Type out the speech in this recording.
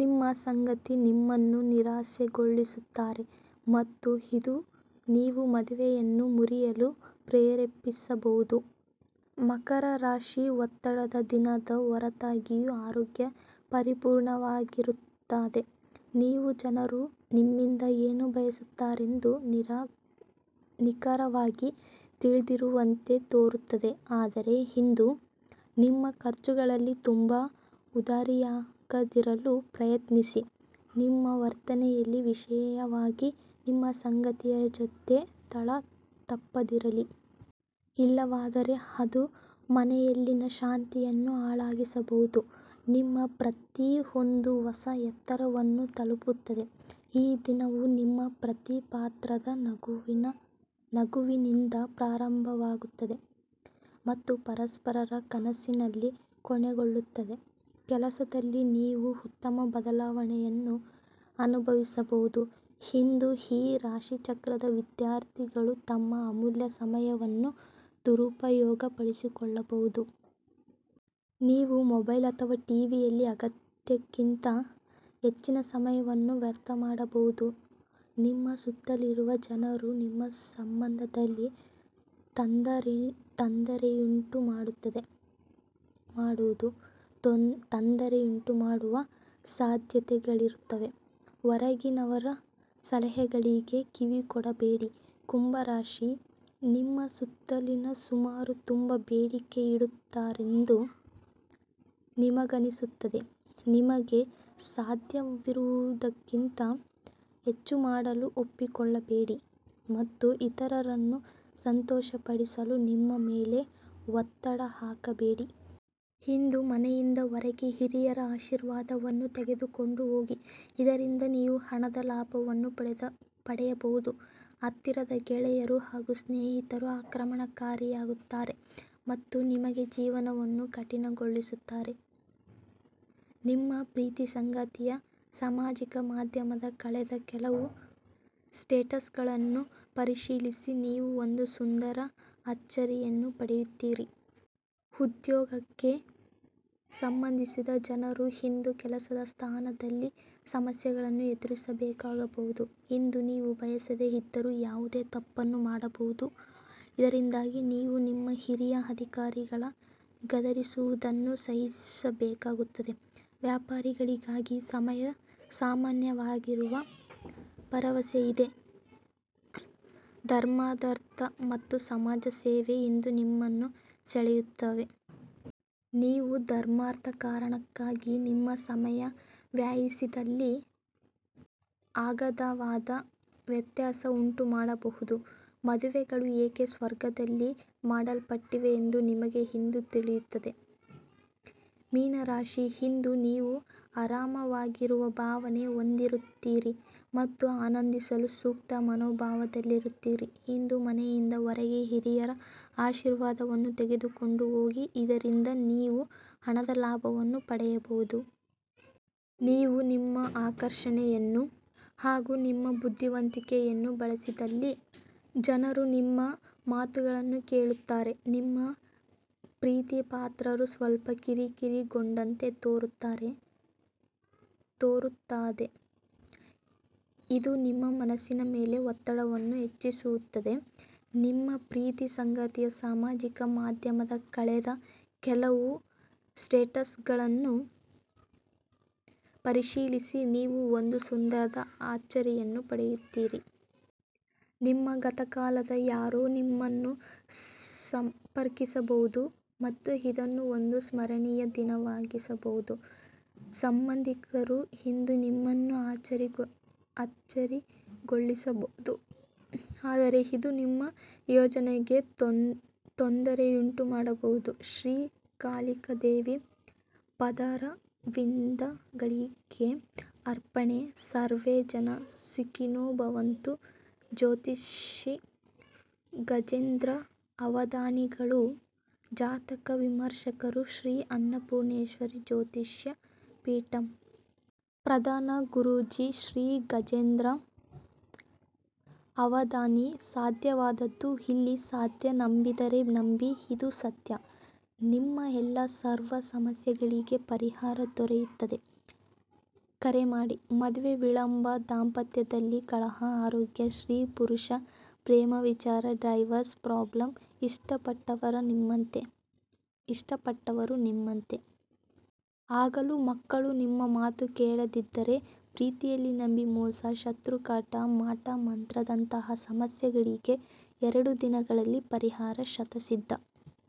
ನಿಮ್ಮ ಸಂಗಾತಿ ನಿಮ್ಮನ್ನು ನಿರಾಸೆಗೊಳಿಸುತ್ತಾರೆ ಮತ್ತು ಇದು ನೀವು ಮದುವೆಯನ್ನು ಮುರಿಯಲು ಪ್ರೇರೇಪಿಸಬಹುದು. ಮಕರ ರಾಶಿ: ಒತ್ತಡದ ದಿನದ ಹೊರತಾಗಿಯೂ ಆರೋಗ್ಯ ಪರಿಪೂರ್ಣವಾಗಿರುತ್ತದೆ. ನೀವು ಜನರು ನಿಮ್ಮಿಂದ ಏನು ಬಯಸುತ್ತಾರೆಂದು ನಿಖರವಾಗಿ ತಿಳಿದಿರುವಂತೆ ತೋರುತ್ತದೆ. ಆದರೆ ಇಂದು ನಿಮ್ಮ ಖರ್ಚುಗಳಲ್ಲಿ ತುಂಬಾ ಉದಾರಿಯಾಗದಿರಲು ಪ್ರಯತ್ನಿಸಿ. ನಿಮ್ಮ ವರ್ತನೆಯಲ್ಲಿ, ವಿಶೇಷವಾಗಿ ನಿಮ್ಮ ಸಂಗಾತಿಯ ಜೊತೆ, ತಾಳ ತಪ್ಪದಿರಲಿ. ಇಲ್ಲವಾದರೆ ಅದು ಮನೆಯಲ್ಲಿನ ಶಾಂತಿಯನ್ನು ಹಾಳಾಗಿಸಬಹುದು. ನಿಮ್ಮ ಪ್ರೀತಿ ಒಂದು ಹೊಸ ಎತ್ತರವನ್ನು ತಲುಪುತ್ತದೆ. ಈ ದಿನವು ನಿಮ್ಮ ಪ್ರೀತಿಪಾತ್ರರ ನಗುವಿನಿಂದ ಪ್ರಾರಂಭವಾಗುತ್ತದೆ, ಮತ್ತು ಪರಸ್ಪರರ ಕನಸಿನಲ್ಲಿ ಕೊನೆಗೊಳ್ಳುತ್ತದೆ. ಕೆಲಸದಲ್ಲಿ, ನೀವು ಉತ್ತಮ ಬದಲಾವಣೆಯನ್ನು ಅನುಭವಿಸಬಹುದು. ಇಂದು ಈ ರಾಶಿಚಕ್ರದ ವಿದ್ಯಾರ್ಥಿಗಳು ತಮ್ಮ ಅಮೂಲ್ಯ ಸಮಯವನ್ನು ದುರುಪಯೋಗ ಪಡಿಸಿಕೊಳ್ಳಬಹುದು. ನೀವು ಮೊಬೈಲ್ ಅಥವಾ ಟಿವಿಯಲ್ಲಿ ಅಗತ್ಯಕ್ಕಿಂತ ಹೆಚ್ಚಿನ ಸಮಯವನ್ನು ವ್ಯರ್ಥಮಾಡಬಹುದು. ನಿಮ್ಮ ಸುತ್ತಲಿರುವ ಜನರು ನಿಮ್ಮ ಸಂಬಂಧದಲ್ಲಿ ತಂದರೆಯುಂಟುಮಾಡುವ ಸಾಧ್ಯತೆಗಳಿರುತ್ತವೆ. ಹೊರಗಿನವರ ಸಲಹೆಗಳಿಗೆ ಕಿವಿಗೊಡಬೇಡಿ. ಕುಂಭ ರಾಶಿ: ನಿಮ್ಮ ಸುತ್ತಲಿನ ಸುಮಾರು ತುಂಬ ಬೇಡಿಕೆಯಿಡುತ್ತಾರೆಂದು ನಿಮಗನಿಸುತ್ತದೆ. ನಿಮಗೆ ಸಾಧ್ಯವಿರುವುದಕ್ಕಿಂತ ಹೆಚ್ಚು ಮಾಡಲು ಒಪ್ಪಿಕೊಳ್ಳಬೇಡಿ. ಮತ್ತು ಇತರರನ್ನು ಸಂತೋಷಪಡಿಸಲು ನಿಮ್ಮ ಮೇಲೆ ಒ'ತ್ತಡ ಹಾಕಬೇಡಿ. ಇಂದು ಮನೆಯಿಂದ ಹೊರಗೆ ಹಿರಿಯರ ಆಶೀರ್ವಾದವನ್ನು ತೆಗೆದುಕೊಂಡು ಹೋಗಿ, ಇದರಿಂದ ನೀವು ಹಣದ ಲಾಭವನ್ನು ಪಡೆಯಬಹುದು. ಹತ್ತಿರದ ಗೆಳೆಯರು ಹಾಗು ಸ್ನೇಹಿತರು ಆಕ್ರಮಣಕಾರಿಯಾಗುತ್ತಾರೆ. ಮತ್ತು ನಿಮಗೆ ಜೀವನವನ್ನು ಕಠಿಣಗೊಳಿಸುತ್ತಾರೆ. ನಿಮ್ಮ ಪ್ರೀತಿ ಸಂಗಾತಿಯ ಸಾಮಾಜಿಕ ಮಾಧ್ಯಮದ ಕಳೆದ ಕೆಲವು ಸ್ಟೇಟಸ್ಗಳನ್ನು ಪರಿಶೀಲಿಸಿ, ನೀವು ಒಂದು ಸುಂದರ ಅಚ್ಚರಿಯನ್ನು ಪಡೆಯುತ್ತೀರಿ. ಉದ್ಯೋಗಕ್ಕೆ ಸಂಬಂಧಿಸಿದ ಜನರು ಇಂದು ಕೆಲಸದ ಸ್ಥಳದಲ್ಲಿ ಸಮಸ್ಯೆಗಳನ್ನು ಎದುರಿಸಬೇಕಾಗಬಹುದು. ಇಂದು ನೀವು ಬಯಸದೆ ಇದ್ದರೂ ಯಾವುದೇ ತಪ್ಪನ್ನು ಮಾಡಬಹುದು. ಇದರಿಂದಾಗಿ ನೀವು ನಿಮ್ಮ ಹಿರಿಯ ಅಧಿಕಾರಿಗಳ ಗದರಿಸುವುದನ್ನು ಸಹಿಸಬೇಕಾಗುತ್ತದೆ. ವ್ಯಾಪಾರಿಗಳಿಗಾಗಿ ಸಮಯ ಸಾಮಾನ್ಯವಾಗಿರುವ ಭರವಸೆ ಇದೆ. ಧರ್ಮಾರ್ಥ ಮತ್ತು ಸಮಾಜ ಸೇವೆ ಇಂದು ನಿಮ್ಮನ್ನು ಸೆಳೆಯುತ್ತವೆ. ನೀವು ಧರ್ಮಾರ್ಥ ಕಾರಣಕ್ಕಾಗಿ ನಿಮ್ಮ ಸಮಯ ವ್ಯಯಿಸಿದಲ್ಲಿ ಅಗಾಧವಾದ ವ್ಯತ್ಯಾಸ ಉಂಟುಮಾಡಬಹುದು. ಮದುವೆಗಳು ಏಕೆ ಸ್ವರ್ಗದಲ್ಲಿ ಮಾಡಲ್ಪಟ್ಟಿವೆ ಎಂದು ನಿಮಗೆ ಇಂದು ತಿಳಿಯುತ್ತದೆ. ಮೀನ ರಾಶಿ: ಇಂದು ನೀವು ಆರಾಮವಾಗಿರುವ ಭಾವನೆ ಹೊಂದಿರುತ್ತೀರಿ ಮತ್ತು ಆನಂದಿಸಲು ಸೂಕ್ತ ಮನೋಭಾವದಲ್ಲಿರುತ್ತೀರಿ. ಇಂದು ಮನೆಯಿಂದ ಹೊರಗೆ ಹಿರಿಯರ ಆಶೀರ್ವಾದವನ್ನು ತೆಗೆದುಕೊಂಡು ಹೋಗಿ, ಇದರಿಂದ ನೀವು ಹಣದ ಲಾಭವನ್ನು ಪಡೆಯಬಹುದು. ನೀವು ನಿಮ್ಮ ಆಕರ್ಷಣೆಯನ್ನು ಹಾಗೂ ನಿಮ್ಮ ಬುದ್ಧಿವಂತಿಕೆಯನ್ನು ಬಳಸಿದಲ್ಲಿ ಜನರು ನಿಮ್ಮ ಮಾತುಗಳನ್ನು ಕೇಳುತ್ತಾರೆ. ನಿಮ್ಮ ಪ್ರೀತಿಪಾತ್ರರು ಸ್ವಲ್ಪ ಕಿರಿಕಿರಿಗೊಂಡಂತೆ ತೋರುತ್ತದೆ. ಇದು ನಿಮ್ಮ ಮನಸ್ಸಿನ ಮೇಲೆ ಒ'ತ್ತಡವನ್ನು ಹಚ್ಚಿಸುತ್ತದೆ. ನಿಮ್ಮ ಪ್ರೀತಿ ಸಂಗಾತಿಯ ಸಾಮಾಜಿಕ ಮಾಧ್ಯಮದ ಕಳೆದ ಕೆಲವು ಸ್ಟೇಟಸ್ಗಳನ್ನು ಪರಿಶೀಲಿಸಿ, ನೀವು ಒಂದು ಸುಂದರ ಅಚ್ಚರಿಯನ್ನು ಪಡೆಯುತ್ತೀರಿ. ನಿಮ್ಮ ಗತಕಾಲದ ಯಾರೋ ನಿಮ್ಮನ್ನು ಸಂಪರ್ಕಿಸಬಹುದು ಮತ್ತು ಇದನ್ನು ಒಂದು ಸ್ಮರಣೀಯ ದಿನವಾಗಿಸಬಹುದು. ಸಂಬಂಧಿಕರು ಇಂದು ನಿಮ್ಮನ್ನು ಅಚ್ಚರಿಗೊಳಿಸಬಹುದು, ಆದರೆ ಇದು ನಿಮ್ಮ ಯೋಜನೆಗೆ ತೊಂದರೆಯುಂಟು ಮಾಡಬಹುದು. ಶ್ರೀ ಕಾಳಿಕಾದೇವಿ ಪಾದಾರವಿಂದಗಳಿಗೆ ಅರ್ಪಣೆ. ಸರ್ವೆ ಜನ: ಸುಖಿನೋ ಭವಂತು. ಜ್ಯೋತಿಷಿ. ಗಜೇಂದ್ರ ಅವಧಾನಿಗಳು ಜಾತಕ ವಿಮರ್ಶಕರು ಶ್ರೀ ಅನ್ನಪೂರ್ಣೇಶ್ವರಿ ಜ್ಯೋತಿಷ್ಯ ಪೀಠಂ. ಪ್ರಧಾನ ಗುರೂಜಿ ಶ್ರೀ ಗಜೇಂದ್ರ ಅವಧಾನಿ. ಸಾಧ್ಯವಾದದ್ದು ಇಲ್ಲಿ ಸಾಧ್ಯ ನಂಬಿದರೆ ನಂಬಿ ಇದು ಸತ್ಯ. ನಿಮ್ಮ ಎಲ್ಲಾ ಸರ್ವ ಸಮಸ್ಯೆಗಳಿಗೆ ಪರಿಹಾರ ದೊರೆಯುತ್ತದೆ. ಕರೆ ಮಾಡಿ. ಮದುವೆ ವಿಳಂಬ, ದಾಂಪತ್ಯದಲ್ಲಿ ಕಲಹ, ಆರೋಗ್ಯ, ಸ್ತ್ರೀ ಪುರುಷಾ ಪ್ರೇಮ ವಿಚಾರ, ಡೈವರ್ಸ್ ಪ್ರಾಬ್ಲಮ್, ಇಷ್ಟಪಟ್ಟವರು ನಿಮ್ಮಂತೆ ಆಗಲು, ಮಕ್ಕಳು ನಿಮ್ಮ ಮಾತು ಕೇಳದಿದ್ದರೆ, ಪ್ರೀತಿಯಲ್ಲಿ ನಂಬಿ ಮೋಸ, ಶತ್ರು ಕಾಟ, ಮಾ'ಟ ಮಂತ್ರದಂತಹ ಸಮಸ್ಯೆಗಳಿಗೆ ಎರಡು ದಿನದಲ್ಲಿ ಪರಿಹಾರ ಶತಸಿದ್ಧ